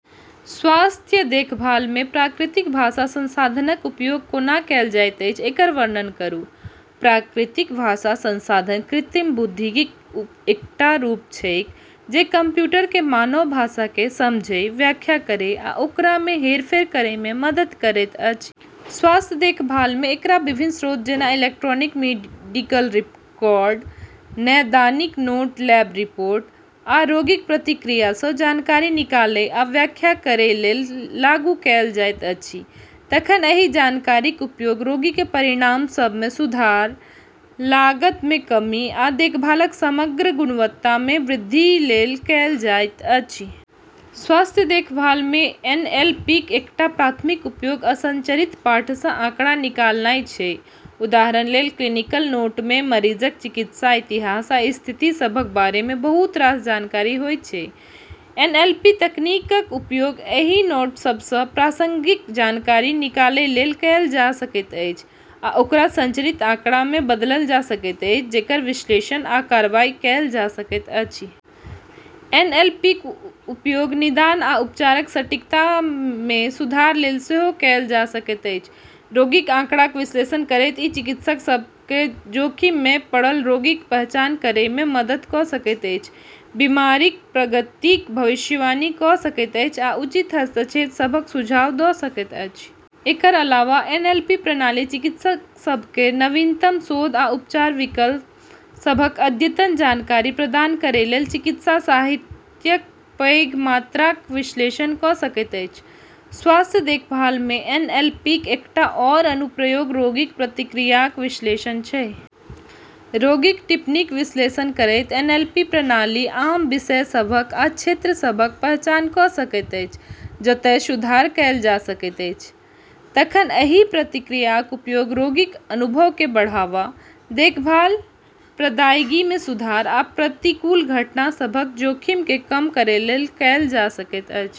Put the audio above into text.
स्वास्थ्य देखभालमे प्राकृतिक भाषा संसाधनक उपयोग कोना कएल जाइत अछि, एकर वर्णन करू। प्राकृतिक भाषा संसाधन कृत्रिम बुद्धिक एकटा रूप छैक जे कंप्यूटरकेँ मानव भाषाकेँ समझै, व्याख्या करै आ ओकरामे हेरफेर करैमे मदद करैत अछि। स्वास्थ्य देखभालमे एकरा विभिन्न स्रोत जेना इलेक्ट्रॉनिक मेडिकल रिकॉर्ड, नैदानिक नोट, लैब रिपोर्ट, आ रोगीक प्रतिक्रियासँ जानकारी निकालै आ व्याख्या करैलेल लागू कएल जाइत अछि। तखन एहि जानकारीक उपयोग रोगीक परिणाम सभमे सुधार, लागतमे कमी आ देखभालक समग्र गुणवत्तामे वृद्धिलेल कएल जाइत अछि। स्वास्थ्य देखभालमे एनएलपीक एकटा प्राथमिक उपयोग असंरचित पाठसँ आंकड़ा निकालनाइ छै। उदाहरणलेल, क्लिनिकल नोटमे मरीजक चिकित्सा इतिहास आ स्थिति सभक बारेमे बहुत रास जानकारी होइत छै। एनएलपी तकनीकक उपयोग एहि नोट सभसँ प्रासंगिक जानकारी निकालैलेल कएल जा सकैत अछि, आ ओकरा संरचित आंकड़ामे बदलल जा सकैत अछि जेकर विश्लेषण आ कारबाई कएल जा सकैत अछि। एनएलपीक उपयोग निदान आ उपचारक सटीकतामे सुधारलेल सेहो कएल जा सकैत अछि। रोगीक आंकड़ाक विश्लेषण करैत, ई चिकित्सक सभकेँ जोखिममे पड़ल रोगीक पहचान करैमे मदद कऽ सकैत अछि, बीमारीक प्रगतिक भविष्यवाणी कऽ सकैत अछि आ उचित हस्तक्षेप सभक सुझाव दऽ सकैत अछि। एकरा अलावा, एनएलपी प्रणाली चिकित्सक सभकेँ नवीनतम शोध आ उपचार विकल्प सभक अद्यतन जानकारी प्रदान करैलेल चिकित्सा साहित्यक पैघ मात्राक विश्लेषण कऽ सकैत अछि। स्वास्थ्य देखभालमे एनएलपीक एकटा आओर अनुप्रयोग रोगीक प्रतिक्रियाक विश्लेषणमे छै। रोगीक टिप्पणीक विश्लेषण करैत एनएलपी प्रणाली आम विषय सभक आ क्षेत्र सभक पहचान कऽ सकैत अछि जतय सुधार कएल जा सकैत अछि। तखन एहि प्रतिक्रियाक उपयोग रोगीक अनुभवकेँ बढ़ावा, देखभाल प्रदायगीमे सुधार आ प्रतिकूल घटना सभक जोखिमकेँ कम करैलेल कएल जा सकैत अछि।